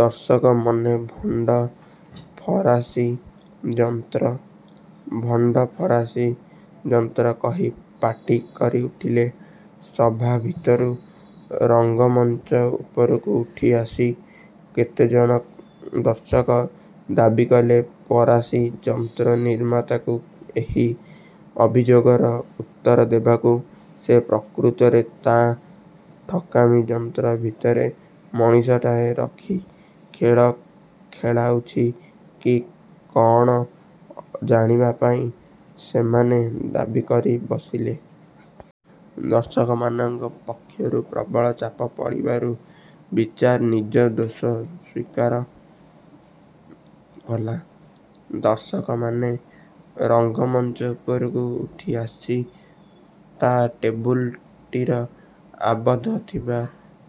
ଦର୍ଶକମନେ 'ଭଣ୍ଡ ଫରାସୀ ଯନ୍ତ୍ର' 'ଭଣ୍ଡ ଫରାସୀ ଯନ୍ତ୍ର' କହି ପାଟି କରି ଉଠିଲେ। ସଭା ଭିତରୁ ରଙ୍ଗମଞ୍ଚ ଉପରକୁ ଉଠି ଆସି କେତେ ଜଣ ଦର୍ଶକ ଦାବୀ କଲେ ଫରାସୀ ଯନ୍ତ୍ରନିର୍ମାତାକୁ ଏହି ଅଭିଯୋଗର ଉତ୍ତର ଦେବାକୁ। ସେ ପ୍ରକୃତରେ ତା ଠକାମି ଯନ୍ତ୍ର ଭିତରେ ମଣିଷଟାଏ ରଖି ଖେଳ ଖେଳାଉଛି କି କଅଣ ଜାଣିବା ପାଇଁ ସେମାନେ ଦାବୀ କରି ବସିଲେ। ଦର୍ଶକମାନଙ୍କ ପକ୍ଷରୁ ପ୍ରବଳ ଚାପ ପଡ଼ିବାରୁ ବିଚରା ନିଜ ଦୋଷ ସ୍ୱୀକାର କଲା। ଦର୍ଶକମାନେ ରଙ୍ଗମଞ୍ଚ ଉପରକୁ ଉଠି ଆସି ତା ଟେବୁଲଟିର ଆବଦ୍ଧ ଥିବା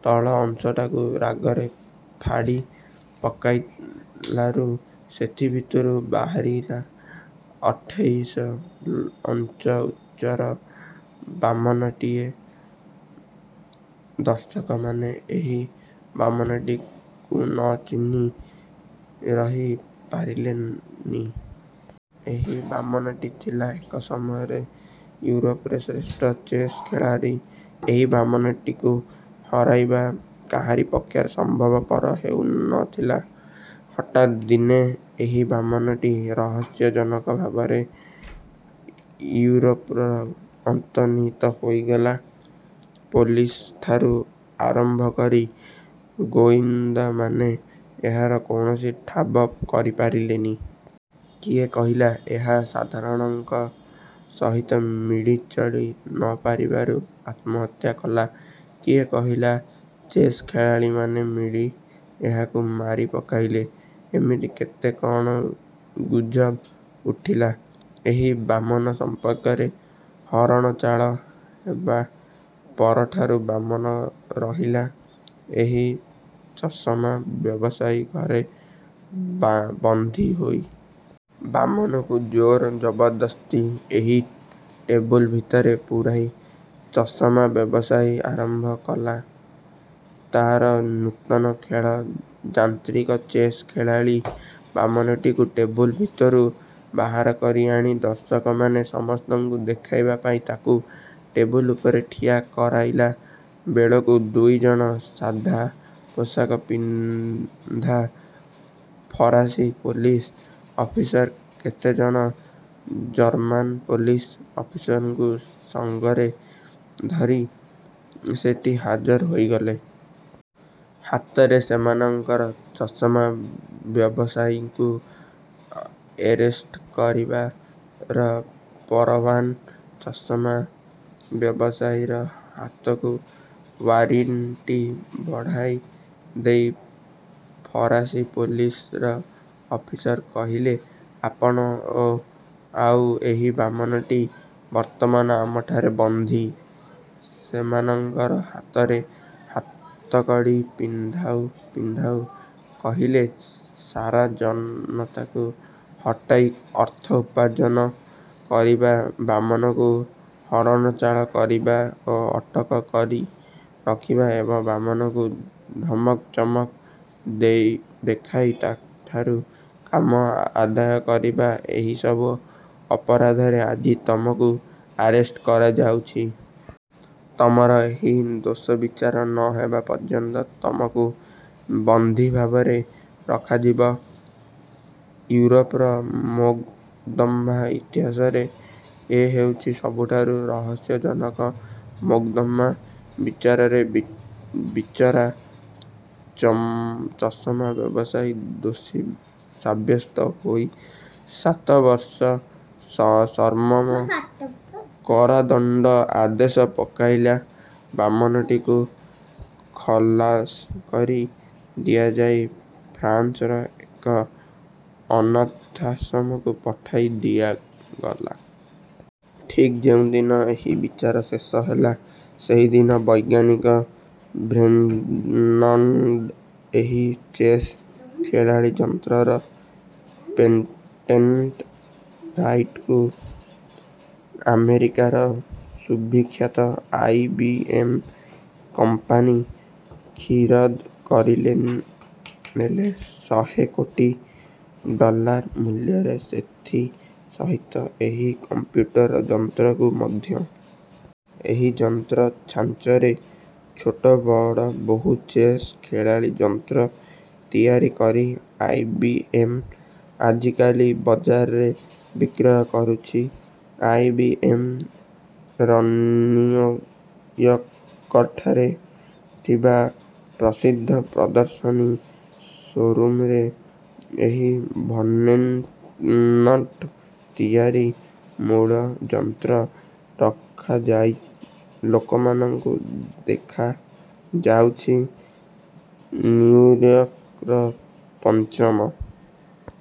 ତଳ ଅଂଶଟାକୁ ରାଗରେ ଫାଡି ପକାଇଲାରୁ ସେଥି ଭିତରୁ ବାହାରିଲା ଅଠେଇଶ ଇଞ୍ଚ ଉଚ୍ଚର ବାମନଟିଏ। ଦର୍ଶକମାନେ ଏହି ବାମନଟିକୁ ନ ଚିହ୍ନି ରହି ପାରିଲେନି। ଏହି ବାମନଟି ଥିଲା ଏକ ସମୟରେ ୟୁରୋପରେ ଶ୍ରେଷ୍ଠ ଚେସ୍ ଖେଳାଳୀ। ଏହି ବାମନଟିକୁ ହରାଇବା କାହାରି ପକ୍ଷରେ ସମ୍ଭବପର ହେଉ ନ ଥିଲା। ହଠାତ୍ ଦିନେ ଏହି ବାମନଟି ରହସ୍ୟଜନକ ଭାବରେ ଇଉରୋପରୁ ଅନ୍ତର୍ହିତ ହୋଇଗଲା। ପୋଲିସଠାରୁ ଆରମ୍ଭକରି ଗୋଇନ୍ଦାମାନେ ଏହାର କୌଣସି ଠାବ କରିପାରିଲେନି-। କିଏ କହିଲା–ଏହା ସାଧାରଣଙ୍କ ସହିତ ମିଳି ଚଳି ନ ପାରିବାରୁ ଆତ୍ମହତ୍ୟା କଲା; କିଏ କହିଲା, ଚେସ୍ ଖେଳାଳୀମାନେ ମିଳି ଏହାକୁ ମାରିପକାଇଲେ, ଏମିତି କେତେ କଣ ଗୁଜବ୍ ଉଠିଲା, ଏହି ବାମନ ସମ୍ପର୍କରେ। ହରଣଚାଳ ହେବା ପରଠାରୁ ବାମନ ରହିଲା ଏହି ଚଷମା ବ୍ୟବସାୟୀ ଘରେ ବନ୍ଦୀହୋଇ। ବାମନକୁ ଜୋର ଜବରଦସ୍ତି ଏହି ଟେବୁଲ ଭିତରେ ପୂରାଇ ଚଷମା ବ୍ୟବସାୟୀ ଆରମ୍ଭ କଲ। ତା'ର ନୂତନ ଖେଳ, ଯାନ୍ତ୍ରିକ ଚେସ୍ ଖେଳାଳୀ। ବାମନଟିକୁ ଟେବୁଲ ଭିତରୁ ବାହାର କରି ଆଣି ଦର୍ଶକମାନେ ସମସ୍ତଙ୍କୁ ଦେଖାଇବା ପାଇଁ ତାକୁ ଟେବୁଲ ଉପରେ ଠିଆ କରାଇଲା ବେଳକୁ ଦୁଇ ଜଣ ସାଦା ପୋଷାକ ପିନ୍ଧାଫରାସୀ ପୋଲିସ ଅଫିସର କେତେ ଜଣ ଜର୍ମାନ୍ ପୋଲିସ ଅଫିସରଙ୍କୁ ସଙ୍ଗରେ ଧରି ସେଠି ହାଜର ହୋଇଗଲେ। ହାତରେ ସେମାନଙ୍କର ଚଷମା ବ୍ୟବସାୟୀକୁ ଏରେଷ୍ଟ କରବାର ପରଓ୍ୱାନା, ଚଷମା ବ୍ୟବସାୟୀର ହାତକୁ ଓ୍ୱାରିଣ୍ଟି ବଢ଼ାଇ ଦେଇ ଫରାସୀ ପୋଲିସ ଅଫିସର କହିଲେ, 'ଆପଣ ଓ ଆଉ ଏହି ବାମନଟି ବର୍ତ୍ତମାନ ଆମ ଠାରେ ବନ୍ଦୀ। ' ସେମାନଙ୍କ ହାତରେ ହାତକଡ଼ି ପିନ୍ଧାଉ ପିନ୍ଧାଉ କହିଲେ, 'ସାରା ଜନତାକୁ ଠକାଇ ଅର୍ଥ ଉପାର୍ଜ୍ଜନ କରିବା, ବାମନକୁ ହରଣଚାଳ କରିବା ଓ ଅଟକ କରି ରଖିବା ଏବଂ ବାମନକୁ ଧମକ ଚମକ ଦେଖାଇ ତା'ଠାରୁ କାମ ଆଦାୟ କରିବା ଏହି ସବୁ ଅପରାଧରେ ଆଜି ତୁମକୁ ଆରେଷ୍ଟ କରାଯାଉଛି। ତମର ଏହି ଦୋଷବିଚାର ନ ହେବା ପର୍ଯ୍ୟନ୍ତ ତୁମକୁ ବନ୍ଦୀଭାବରେ ରଖାଯିବ। ଇଉରୋପର ମୋକଦ୍ଦମା ଇତିହାସରେ ଏ ହେଉଛି ସବୁଠାରୁ ରହସ୍ୟଜନକ ମୋକଦ୍ଦମା। ବିଚାରରେ ବିଚରା ଚଷମା ବ୍ୟବସାୟୀ ଦୋଷୀ ସାବ୍ୟସ୍ତ ହୋଇ ସାତବର୍ଷ ସଶ୍ରମ କାରାଦଣ୍ଡର ଆଦେଶ ପାଇଲା। ବାମନଟିକୁ ଖଲାସ କରି ଦିଆଯାଇ ଫ୍ରାନ୍ସର ଏକ ଅନାଥାଶ୍ରମକୁ ପଠାଇ ଦିଆଗଲା। ଠିକ୍ ଯେଉଁ ଦିନ ଏହି ବିଚାର ଶେଷ ହେଲା, ସେହି ଦିନ ବୈଜ୍ଞାନିକ ଭେର୍ନନ୍ଙ୍କ ଏହି ଚେସ୍ ଖେଳାଳୀ ଯନ୍ତ୍ରର ପେଟେଣ୍ଟ ରାଇଟକୁ ଆମେରିକାର ସୁବିଖ୍ୟାତ ଆଇ. ବି. ଏମ୍ କମ୍ପାନୀ ଖରିଦ୍ କରିନେଲେ ଶହେ କୋଟି ଡଲାର ମୂଲ୍ୟରେ, ସେଥି ସହିତ ଏହି କଂପ୍ୟୁଟର ଯନ୍ତ୍ରକୁ ମଧ୍ୟ। ଏହି ଯନ୍ତ୍ର ଛାଞ୍ଚରେ ଛୋଟ ବଡ଼ ବହୁ ଚେସ୍ ଖେଳାଳୀ ଯନ୍ତ୍ର ତିଆରି କରି ଆଇ. ବି. ଏମ୍. ଆଜିକାଲି ବଜାରରେ ବିକ୍ରୟ କରୁଛି। ଆଇ. B M. ରନିଉୟର୍କଠାରେ ଥିବା ପ୍ରସିଦ୍ଧ ପ୍ରଦର୍ଶନୀ ସୋ ରୁମରେ ଏହି ଭେର୍ନନ୍ଙ୍କ ତିଆରି ମୂଳ ଯନ୍ତ୍ର ରଖାଯାଇ ଲୋକମାନଙ୍କୁ ଦେଖାଯାଉଛି। ନିଉୟର୍କର ପଞ୍ଚମ